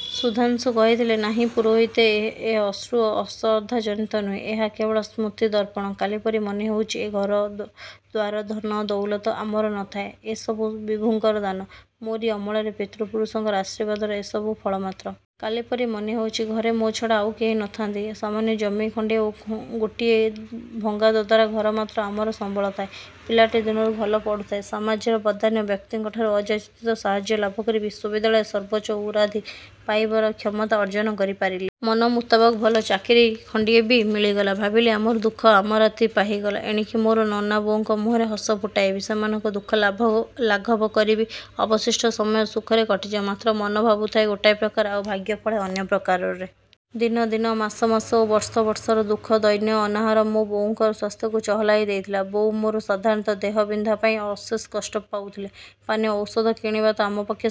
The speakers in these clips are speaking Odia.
" ସୁଧାଂଶୁ କହିଥିଲେ—ନାହିଁ ପୁରୋହିତେ, ଏ ଅଶ୍ରୁ ଅଶ୍ରଦ୍ଧା ଜନିତ ନୁହେଁ। ଏହା କେବଳ ସ୍ମୃତି ତର୍ପଣ। କାଲିପରି ମନେ ହେଉଛି। ଏ ଘର, ଦ୍ୱାର, ଧନ, ଦଉଲତ ଆମର ନ ଥାଏ-। ଏ ସବୁ ବିଭୁଙ୍କର ଦାନ। ମୋରି ଅମଳରେ। ପିତୃ ପୁରୁଷଙ୍କର ଆଶୀର୍ବାଦର ଏ ସବୁ ଫଳ ମାତ୍ର-। କାଲିପରି ମନେ ହେଉଚି। ଘରେ ମୋ ଛଡ଼ା ଆଉ କେହି ନ ଥାଆନ୍ତି। ସାମାନ୍ୟ ଜମି ଖଣ୍ଡେ ଓ ଗୋଟିଏ ଭଙ୍ଗା ଦଦରା ଘର ମାତ୍ର ଆମର ସମ୍ୱଳ ଥାଏ। ପିଲାଟି ଦିନରୁ ଭଲ ପଢ଼ୁଥାଏ-। ସମାଜର ବଦାନ୍ୟ ବ୍ୟକ୍ତିଙ୍କଠାରୁ ଅଯାଚିତ ସାହାର୍ଯ୍ୟ ଲାଭକରି ବିଶ୍ୱବିଦ୍ୟାଳୟର ସର୍ବୋଚ୍ଚ ଉରାଧି ପାଇବାର କ୍ଷମତା ଅର୍ଜନ କରି ପାରିଲି। ମନମୁତାବକ ଭଲ ଚାକିରୀ ଖଣ୍ଡିଏ ବି ମିଳିଗଲା-। ଭାବିଲି, ଆମର ଦୁଃଖ-ଅମାରାତି ପାହିଗଲା। ଏଣିକି ମୋର ନନା ବୋଉଙ୍କ ମୁହଁରେ ହସ ଫୁଟାଇବି। ସେମାନଙ୍କର ଦୁଃଖ ଲାଘବ କରିବି ଅବଶିଷ୍ଟ ସମୟ ସୁଖରେ କଟିଯିବ। ମାତ୍ର ମନ ଭାବୁଥାଏ ଗୋଟାଏ ପ୍ରକାର, ଆଉ ଭାଗ୍ୟ ଫଳେ ଅନ୍ୟ ପ୍ରକାରର। ଦିନ ଦିନ, ମାସ ମାସ ଓ ବର୍ଷ ବର୍ଷର ଦୁଃଖ, ଦୈନ୍ୟ, ଅନାହାର ମୋ ବୋଉଙ୍କର ସ୍ୱାସ୍ଥ୍ୟକୁ ଚହଲାଇ ଦେଇଥିଲା। ବୋଉ ମୋର ସାଧାରଣତଃ ଦେହ ବିନ୍ଧା ପାଇଁ ଅଶେଷ କଷ୍ଟ ପାଉଥିଲେ। ପାନେ ଔଷଧ କିଣିବା ତ ଆମ ପକ୍ଷେ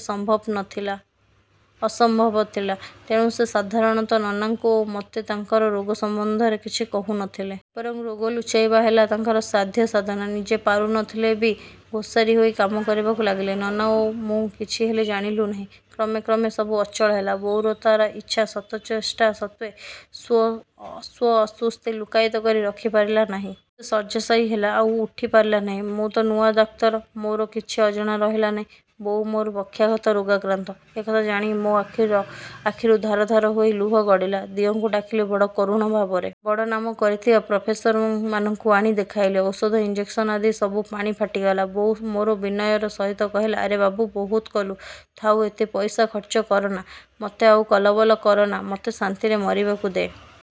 ଅସମ୍ଭବ ଥିଲା; ତେଣୁ ସେ ସାଧାରଣତଃ ନନାଙ୍କୁ ଓ ମୋତେ ତାଙ୍କର ରୋଗ ସମ୍ୱନ୍ଧ କିଛି କହୁ ନ ଥିଲେ। ବରଂ ରୋଗ ଲୁଚାଇବା ହେଲା ତାଙ୍କର ସାଧ୍ୟ ସାଧନା। ନିଜେ ପାରୁ ନ ଥିଲେ ବି ଘୋଷାରି ହୋଇ କାମ କରିବାକୁ ଲାଗିଲେ। ନନା ଓ ମୁଁ କିଛି ହେଲେ ଜାଣିଲୁ ନାହିଁ। କ୍ରମେ କ୍ରମେ ସବୁ ଅଚଳ ହେଲା। ବୋଉ ତାର ଇଚ୍ଛା ଶତଚେଷ୍ଟା ସତ୍ତ୍ୱେ ଓ ସ୍ୱ ଅସୁସ୍ଥି ଲୁକ୍କାୟିତ କରି ରଖି ପାରିଲା ନାହିଁ। ଯେ ଶଯ୍ୟାଶାୟୀ ହେଲା, ଆଉ ଉଠି ପାରିଲା ନାହିଁ। ମୁଁ ତ ନୂଆ ଡାକ୍ତର। ମୋର କିଛି ଅଜଣା ରହିଲା ନାହିଁ। ବୋଉ ମୋର ପକ୍ଷାଘାତ ରୋଗାକ୍ରାନ୍ତ। ଏ କଥା ଜାଣି ମୋ ଆଖିରୁ ଧାର ଧାର ହୋଇ ଲୁହ ଗଡ଼ିଲା। ଦିଅଁଙ୍କୁ ଡାକିଲି ବଡ଼ କରୁଣ ଭାବରେ। ବଡ଼ ନାମ କରିଥିବା ପ୍ରଫେସରମାନଙ୍କୁ ଆଣି ଦେଖାଇଲି। ଔଷଧ ଇଞ୍ଜେକ୍ସନ ଆଦି ସବୁ ପାଣି ଫାଟିଗଲା। ବୋଉ ମୋର ବିନୟର ସହିତ କହିଲା—ଆରେ ବାବୁ, ବହୁତ କଲୁ। ଥାଉ, ଏତେ ପଇସା ଖର୍ଚ୍ଚ କର ନା, ମତେ ଆଉ କଲବଲ କର ନା। ମତେ ଶାନ୍ତିରେ ମରିବାକୁ ଦେ।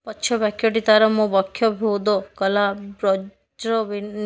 ପଛବାକ୍ୟଟି ତାର ମୋ ବକ୍ଷ ଭୋଦ କଲା ବଜ୍ର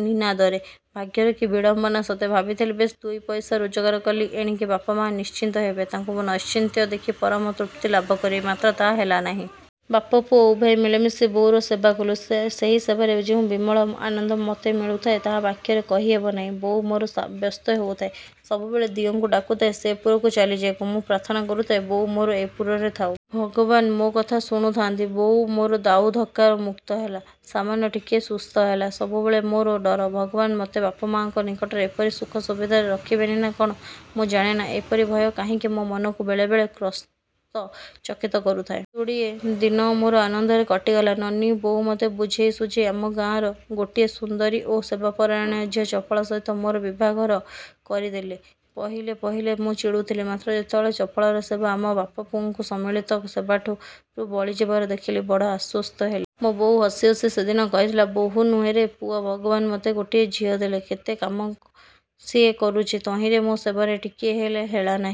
ନିନାଦରେ। ଭାଗ୍ୟର କି ବିଡ଼ମ୍ୱନା ସତେ! ଭାବିଥିଲି ବେଶ୍ ଦୁଇ ପଇସା ରୋଜଗାର କଲି, ଏଣିକି ବାପ ମା ନିଶ୍ଚିନ୍ତ ହେବେ। ତାଙ୍କ ନୈଶ୍ଚିନ୍ତ୍ୟ ଦେଖି ପରମ ତୃପ୍ତି ଲାଭ କରିବି, ମାତ୍ର ତାହା ହେଲା ନାହିଁ। ବାପ, ପୁଅ, ଉଭୟେ ମିଳିମିଶି ବୋଉର ସେବା କଲୁଁ। ସେହି ସେବାରେ ଯେଉଁ ବିମଳ ଆନନ୍ଦ ମତେ ମିଳୁଥାଏ, ତାହା ବାକ୍ୟରେ କହିହେବ ନାହିଁ। ବୋଉ ମୋର ବ୍ୟସ୍ତ ହେଉଥାଏ। ସବୁବେଳେ ଦିଅଙ୍କୁ ଡାକୁଥାଏ ସେପୁରକୁ ଚାଲି ଯିବାକୁ। ମୁଁ ପ୍ରାର୍ଥନା କରୁଥାଏ, ବୋଉ ମୋର ଏ ପୁରରେ ଥାଉ। ଭଗବାନ ମୋ କଥା ଶୁଣୁ ଥାଆନ୍ତି; ବୋଉ ମୋର ଦାଉ ଧକ୍କାର ମୁକ୍ତ ହେଲା। ସାମାନ୍ୟ ଟିକିଏ ସୁସ୍ଥ ହେଲା-। ସବୁବେଳେ ମୋର ଡର। ଭଗବାନ ମତେ ବାପ—ମା'ଙ୍କ ନିକଟରେ ଏପରି ସୁଖ ସୁବିଧାରେ ରଖିବେନି ନା କ'ଣ। ମୁଁ ଜାଣେ ନା, ଏପରି ଭୟ କାହିଁକି ମୋ ମନକୁ ବେଳେ ବେଳେ କ୍ରସ୍ତ ଚକିତ କରୁଥାଏ। କେତେଦୁଡ଼ିଏ ଦିନ ମୋର ଆନନ୍ଦରେ କଟିଗଲା। ନନୀ, ବୋଉ ମତେ ବୁଝେଇ ସୁଝେଇ ଆମ ଗାଁର ଗୋଟିଏ। ସୁନ୍ଦରୀ ଓ ସେବାପରାୟଣା ଝିଅ ଚପଳା ସହିତ ମୋର ବିଭାଘର କରି ଦେଲେ। ପହିଲେ ପହିଲେ ମୁଁ ଚିଡ଼ୁଥିଲି; ମାତ୍ର ଯେତେବେଳେ ଚପଳାର ସେବା ଆମ ବାପ ପୁଅଙ୍କ ସମ୍ମିଳୀତ ସେବାଠ ରୁ ବଳି ଯିବାର ମୁଁ ଦେଖିଲି, ବଡ଼ ଆଶ୍ୱସ୍ତ ହେଲି। ମୋ ବୋଉ ହସି ହସି ସେଦିନ କହିଥିଲା—ବୋହୂ ନୁହେଁ ରେ ପୁଅ ଭଗବାନ ମତେ ଗୋଟିଏ ଝିଅ ଦେଲେ। କେତେ କାମ ସିଏ କରୁଚି। ତହିଁରେ ମୋ ସେବାରେ ଟିକିଏ ହେଲେ ହେଳା ନାହିଁ।